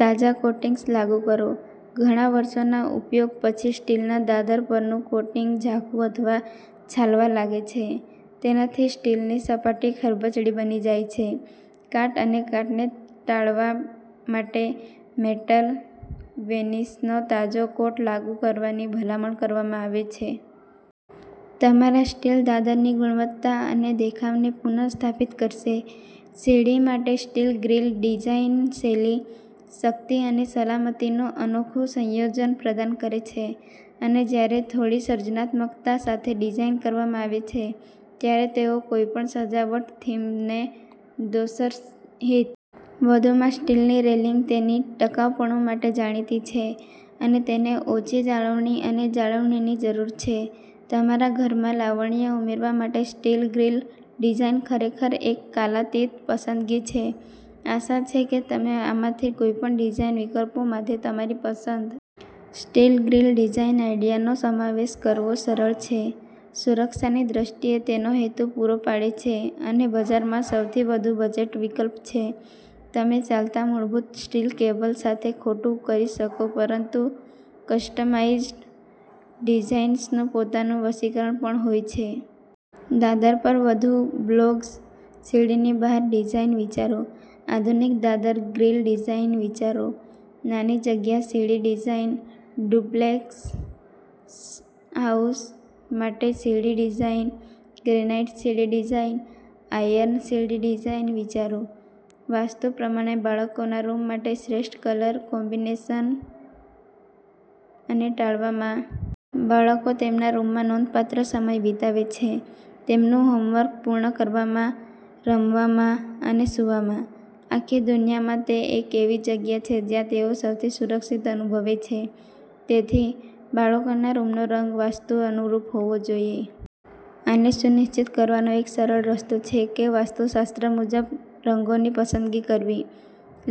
તાજા કોટિંગ્સ લાગુ કરો. ઘણા વર્ષોના ઉપયોગ પછી સ્ટીલના દાદર પરનું કોટિંગ ઝાંખું અથવા છાલવા લાગે છે. તેનાથી સ્ટીલની સપાટી ખરબચડી બની જાય છે. કાટ અને કાટને ટાળવા માટે, મેટલ વેનિશનો તાજો કોટ લાગુ કરવાની ભલામણ કરવામાં આવે છે. તમારા સ્ટીલ દાદરની ગુણવત્તા અને દેખાવને પુનઃસ્થાપિત કરશે. સીડી માટે સ્ટીલ ગ્રીલ ડિઝાઇન શૈલી, શક્તિ અને સલામતીનું અનોખું સંયોજન પ્રદાન કરે છે. અને જ્યારે થોડી સર્જનાત્મકતા સાથે ડિઝાઇન કરવામાં આવે છે, ત્યારે તેઓ કોઈપણ સજાવટ થીમને દોષરહિત રીતે મેચ કરી શકે છે. વધુમાં, સ્ટીલની રેલિંગ તેની ટકાઉપણું માટે જાણીતી છે અને તેને ઓછી જાળવણી અને જાળવણીની જરૂર છે. તમારા ઘરમાં લાવણ્ય ઉમેરવા માટે સ્ટીલ ગ્રીલ ડિઝાઇન ખરેખર એક કાલાતીત પસંદગી છે. આશા છે કે તમે આમાંથી કોઈપણ ડિઝાઇન વિકલ્પોમાંથી તમારી પસંદગી મેળવશો. સ્ટીલ ગ્રીલ ડિઝાઇન આઇડિયાનો સમાવેશ કરવો સરળ છે. સુરક્ષાની દ્રષ્ટિએ તેનો હેતુ પૂરો પાડે છે અને બજારમાં સૌથી વધુ બજેટ વિકલ્પ છે. તમે ચાલતા મૂળભૂત સ્ટીલ કેબલ સાથે ખોટું કરી શકો પરંતુ કસ્ટમાઇઝ્ડ ડિઝાઇન્સનું પોતાનું વશીકરણ પણ હોય છે. દાદર પર વધુ બ્લોગ્સ સીડીની બહાર ડિઝાઇન વિચારો. આધુનિક દાદર ગ્રીલ ડિઝાઇન વિચારો. નાની જગ્યા સીડી ડિઝાઇન, ડુપ્લેક્સ હાઉસ માટે સીડી ડિઝાઇન, ગ્રેનાઈટ સીડી ડિઝાઇન, આયર્ન સીડી ડિઝાઇન વિચારો. વાસ્તુ પ્રમાણે બાળકોના રૂમ માટે શ્રેષ્ઠ કલર કોમ્બિનેશન અને ટાળવા માટેના રંગો. બાળકો તેમના રૂમમાં નોંધપાત્ર સમય વિતાવે છે. તેમનું હોમવર્ક પૂર્ણ કરવામાં, રમવામાં અને સૂવામાં. આખી દુનિયામાં તે એક એવી જગ્યા છે જ્યાં તેઓ સૌથી સુરક્ષિત અનુભવે છે. તેથી, બાળકોના રૂમનો રંગ વાસ્તુ અનુરૂપ હોવો જોઈએ. આને સુનિશ્ચિત કરવાનો એક સરળ રસ્તો છે કે વાસ્તુશાસ્ત્ર મુજબ રંગોની પસંદગી કરવી.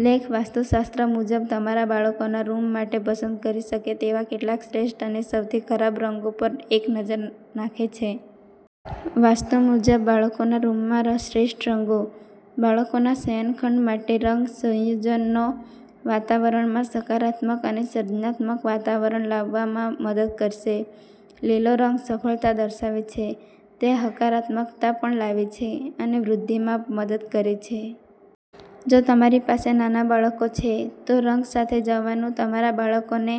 લેખ વાસ્તુશાસ્ત્ર મુજબ તમારા બાળકોના રૂમ માટે પસંદ કરી શકે તેવા કેટલાક શ્રેષ્ઠ અને સૌથી ખરાબ રંગો પર એક નજર નાખે છે. વાસ્તુ મુજબ બાળકોના રૂમના શ્રેષ્ઠ રંગો, બાળકોના શયનખંડ માટેના રંગ સંયોજનો વાતાવરણમાં સકારાત્મક અને સર્જનાત્મક વાતાવરણ લાવવામાં મદદ કરશે. લીલો રંગ સફળતા દર્શાવે છે. તે હકારાત્મકતા પણ લાવે છે અને વૃદ્ધિમાં મદદ કરે છે. જો તમારી પાસે નાના બાળકો છે, તો રંગ સાથે જવાનું તમારા બાળકોને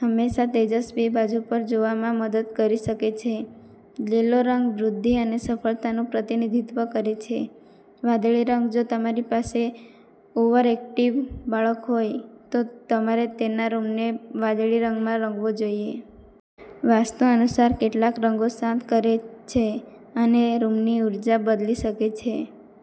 હંમેશા તેજસ્વી બાજુ પર જોવામાં મદદ કરી શકે છે. લીલો રંગ વૃદ્ધિ અને સફળતાનું પ્રતિનિધિત્વ કરે છે. વાદળી રંગ જો તમારી પાસે ઓવરએક્ટિવ બાળક હોય, તો તમારે તેના રૂમને વાદળી રંગમાં રંગવો જોઈએ. વાસ્તુ અનુસાર કેટલાક રંગો શાંત અસર કરે છે અને રૂમની ઊર્જા બદલી શકે છે.